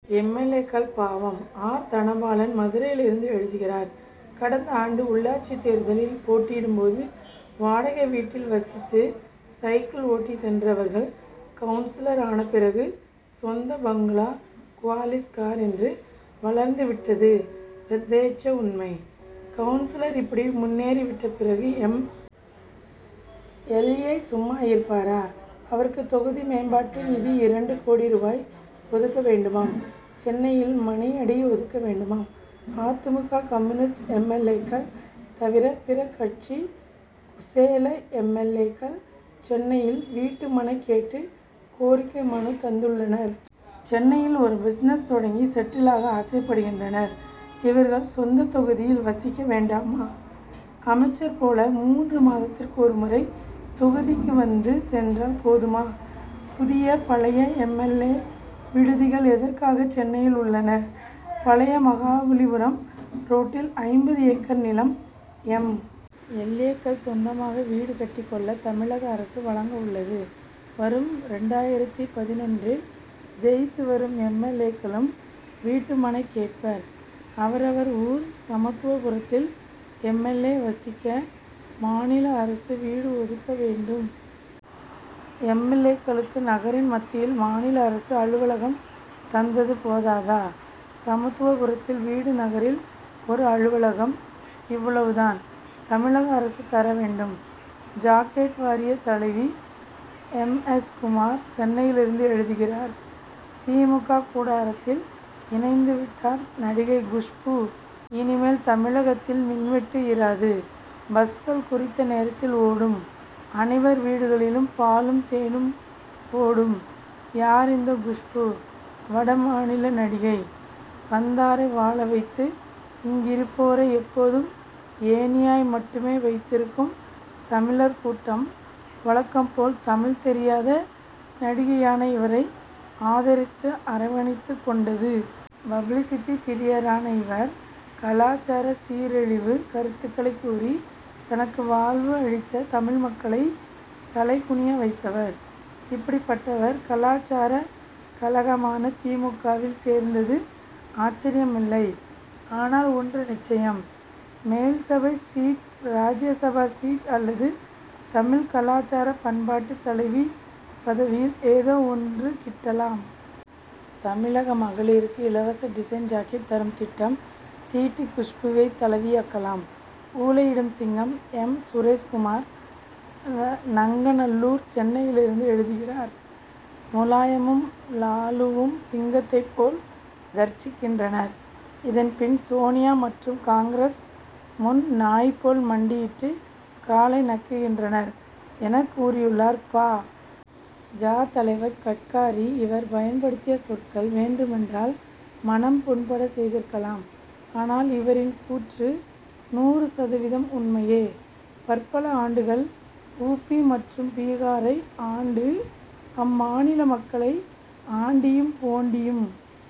M. L. ஏ.க்கள் பாவம்! ஆர். தனபாலன் மதுரையிலிருந்து எழுதுகிறார் கடந்த ஆண்டு உள்ளாட்சி தேர்தலில் போட்டியிடும் போது வாடகை வீட்டில் வசித்து சைக்கிள் ஓட்டிச் சென்றவர்கள் கவுன்சிலர் ஆனபிறகு சொந்த பங்களா குவாலிஸ் கார் என்று வளர்ந்து விட்டது பிரத்யட்ச உண்மை. கவுன்சிலர் இப்படி முன்னேறி விட்ட பிறகு எம். எல். ஏ. சும்மா இருப்பாரா? அவருக்கு தொகுதி மேம்பாட்டு நிதி இரண்டு கோடி ரூபாய் ஒதுக்க வேண்டுமாம் சென்னையில் மனையடி ஒதுக்க வேண்டுமாம். அ. தி. மு. க. Communist M. எல். ஏ.க்கள் தவிர பிற கட்சி குசேல எம். எல். ஏ.க்கள் சென்னையில் வீட்டு மனை கேட்டு கோரிக்கை மனு தந்துள்ளனர். சென்னையில் ஒரு பிசினஸ் தொடங்கி செட்டில் ஆக ஆசைப்படுகின்றனர். இவர்கள் சொந்த தொகுதியில் வசிக்க வேண்டாமா? அமைச்சர் போல மூன்று மாதத்துக்கு ஒருமுறை தொகுதிக்கு வந்து சென்றால் போதுமா? புதிய பழைய எம். எல். ஏ. விடுதிகள் எதற்காக சென்னையில் உள்ளன? பழைய மகாபலிபுரம் ரோட்டில் ஐம்பது ஏக்கர் நிலம் எம். எல். ஏ.க்கள் சொந்தமாக வீடு கட்டிக் கொள்ள தமிழக அரசு வழங்க உள்ளது. வரும் இரண்டாயிரத்து பதினொன்றில் ஜெயித்து வரும் எம். எல். ஏ.க்களும் வீட்டு மனை கேட்பர். அவரவர் ஊர் சமத்துவபுரத்தில் எம். எல். ஏ. வசிக்க மாநில அரசு வீடு ஒதுக்க வேண்டும். எம். எல். ஏ.க்களுக்கு நகரின் மத்தியில் மாநில அரசு அலுவலகம் தந்தது போதாதா? சமத்துவபுரத்தில் வீடு நகரில் ஒரு அலுவலகம். இவ்வளவு தான். தமிழக அரசு தர வேண்டும். ஜாக்கெட் வாரிய தலைவி! எம். எஸ். குமார் சென்னையிலிருந்து எழுதுகிறார் தி. மு. க. கூடாரத்தில் இணைந்து விட்டார் நடிகை குஷ்பு. இனிமேல் தமிழகத்தில் மின்வெட்டு இராது பஸ்கள் குறித்த நேரத்தில் ஓடும் அனைவர் வீடுகளிலும் பாலும் தேனும் ஓடும். யார் இந்த குஷ்பு? வட மாநில நடிகை. வந்தாரை வாழவைத்து இங்கிருப்போரை எப்போதும் ஏணியாய் மட்டுமே வைத்திருக்கும் தமிழர் கூட்டம் வழக்கம்போல் தமிழ் தெரியாத நடிகையான இவரை ஆதரித்து அரவணைத்துக் கொண்டது. பப்ளிசிட்டி பிரியரான இவர் கலாசார சீரழிவு கருத்துக்களைக் கூறி தனக்கு வாழ்வு அளித்த தமிழ்மக்களை தலைகுனிய வைத்தவர். இப்படிப்பட்டவர் கலாசாரக் கழகமான தி. மு. க.வில் சேர்ந்தது ஆச்சரியமில்லை! ஆனால் ஒன்று நிச்சயம் மேல்சபை சீட் ராஜ்யசபா சீட் அல்லது தமிழ் கலாசார பண்பாட்டு தலைவி பதவியில் ஏதோ ஒன்று கிட்டலாம்! தமிழக மகளிருக்கு இலவச டிசைன் ஜாக்கெட் தரும் திட்டம் தீட்டி குஷ்புவை தலைவியாக்கலாம். ஊளையிடும் சிங்கம்! எம். சுரேஷ் குமார் நங்கநல்லூர் சென்னையிலிருந்து எழுதுகிறார் முலாயமும் லாலுவும் சிங்கத்தை போல் கர்ஜிக்கின்றனர். இதன்பின் சோனியா மற்றும் காங்கிரஸ் முன் நாய் போல் மண்டியிட்டு காலை நக்குகின்றனர் என கூறியுள்ளார் பா. ஜ. தலைவர் கட்காரி. இவர் பயன்படுத்திய சொற்கள் வேண்டுமென்றால் மனம் புண்பட செய்திருக்கலாம். ஆனால் இவரின் கூற்று நூறு சதவீதம் உண்மையே! பற்பல ஆண்டுகள் உ. பி. மற்றும் பீகாரை ஆண்டு அம்மாநில மக்களை ஆண்டியும் போண்டியும்